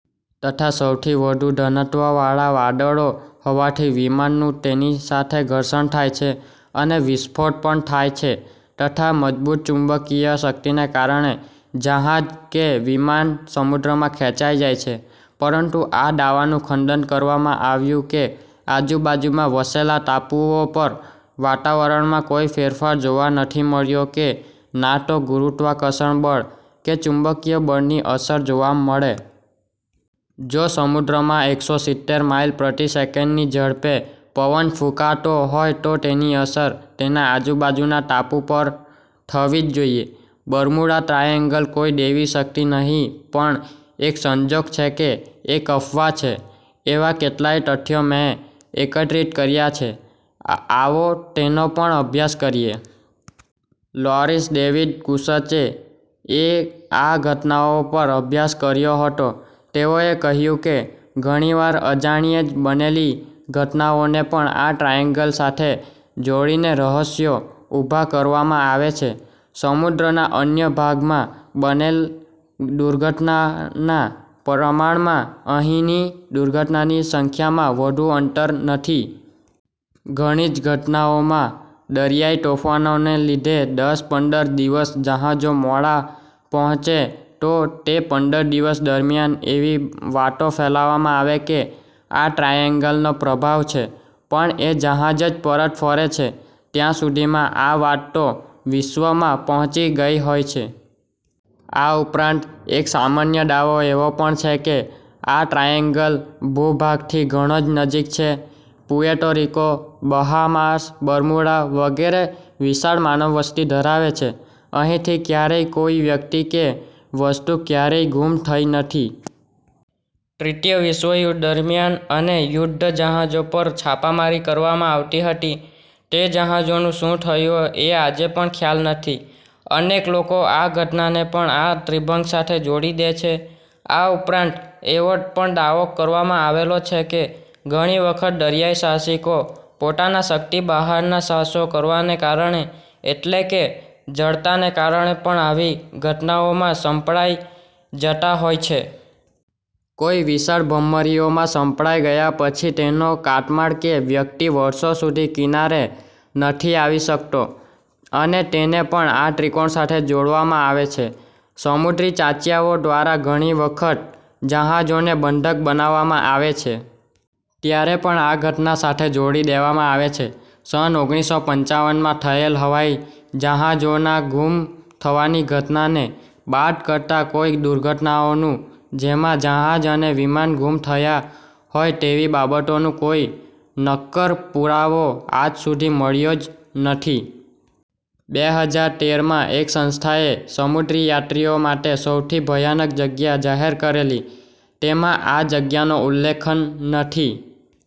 તથા સૌથી વધુ ઘનત્વવાળા વાદળો હોવાથી વિમાનનુ તેની સાથે ઘર્ષણ થાય છે અને વિસ્ફોટ પણ થાય છે તથા મજબુત ચુંબકિય શક્તિને કારણે જહાજ કે વિમાન સમુદ્રમાં ખેચાઇ જાય છે. પરંતુ આ દાવાનુ ખંડન કરવામાં આવ્યુ કેમ કે આજુબાજુમાં વસેલા ટાપુઓ પર વાતાવરણમાં કોઇ ફેરફાર જોવા નથી મળ્યો કે ના તો ગુરુત્વાકર્ષણ બળ કે ચુંબકિય બળની અસર જોવા મળે. જો સમુદ્રમાં એકસો સિત્તેર માઇલ પ્રતિ સેકન્ડની ઝડપે પવન ફુંકાતો હોય તો તેની અસર તેના આજુબાજુના ટાપુ પર થવી જ જોઇએ. બર્મુડા ટ્રાયેન્ગલ કોઇ દેવી શક્તિ નહિ પણ એક સંજોગ છે કે એક અફવા છે એવા કેટલાય તથ્યો મે એકત્રિત કર્યા છે, આવો તેનો પણ અભ્યાસ કરીએ. લોરિસ ડેવિડ કુસ્ચે એ આ ઘટનાઓ પર અભ્યાસ કર્યો હતો. તેઓએ કહ્યુ કે, ઘણીવાર અજાણ્યે જ બનેલી ઘટનાઓને પણ આ ટ્રાયેન્ગલ સાથે જોડીને રહસ્યો ઉભા કરવામાં આવે છે. સમુદ્રના અન્ય ભાગમા બનેલ દુર્ઘટનાના પ્રમાણમાં અહિની દુર્ઘટનાની સંખ્યામાં વધુ અંતર નથી. ઘણી જ ઘટનાઓમાં દરીયાઇ તોફાનોને લીધે દસ પંદર દિવસ જહાજો મોડા પહોચે તો, તે પંદર દિવસ દરમ્યાન એવી વાતો ફેલાવવામાં આવે કે આ ટ્રાયેન્ગલનો પ્રભાવ છે પણ એ જહાજ પરત ફરે છે. ત્યા સુધીમાં આ વાત તો વિશ્વમાં પહોચી ગઇ હોય છે. આ ઉપરાંત એક સામાન્ય દાવો એવો પણ છે કે, આ ટ્રાયેન્ગલ ભુભાગથી ઘણો જ નજીક છે. પુએર્ટો રિકો, બહામાસ, બર્મુડા વગેરે વિશાળ માનવવસ્તી ધરાવે છે. અહિથી ક્યારેય કોઇ વ્યક્તિ કે વસ્તુ ક્યારેય ગુમ થઈ નથી. દ્રિતિય વિશ્વયુધ્ધ દરમ્યાન અને યુધ્ધ જહાજો પર છાપામારી કરવામાં આવતી હતી. તે જહાજોનુ શુ થયુ એ આજે પણ ખ્યાલ નથી. અનેક લોકો આ ઘટનાને પણ આ ત્રિભંગ સાથે જોડી દે છે. આ ઉપરાંત એવો પણ દાવો કરવામાં આવેલો છે કે, ઘણી વખત દરીયાઇ સાહસિકો પોતાના શક્તિ બહારના સાહસો કરવાને કારણે એટલે કે જડતાને કારણે પણ આવી ઘટનાઓમાં સંપડાઇ જતા હોય છે. કોઇ વિશાળ ભમરીઓમાં સંપડાઇ ગયા પછી તેનો કાટમાળ કે વ્યક્તિ વર્ષો સુધી કિનારે નથી આવી શક્તો અને તેને પણ આ ત્રિકોણ સાથે જોડવામાં આવે છે. સમુદ્રી ચાંચીયાઓ દ્વારા ઘણી વખત જહાજોને બંધક બનાવવામાં આવે છે. ત્યારે પણ આ ઘટના સાથે જોડી દેવામાં આવે છે. સન ઓગણીસો પંચાવનમાં થયેલ હવાઇ જહાજોના ગુમ થવાની ઘટના ને બાદ કરતા કોઇ દુર્ઘટનાઓનુ જેમા જહાજ અને વિમાન ગુમ થયા હોય તેવી બાબતોનુ કોઇ નક્કર પુરાવો આજ સુધી મળ્યો જ નથી. બે હજાર તેરમાં એક સંસ્થા એ સમુદ્રીયાત્રીઓ માટે સૌથી ભયાનક જગ્યા જાહેર કરેલી તેમાં આ જગ્યાનો ઉલ્લેખન નથી.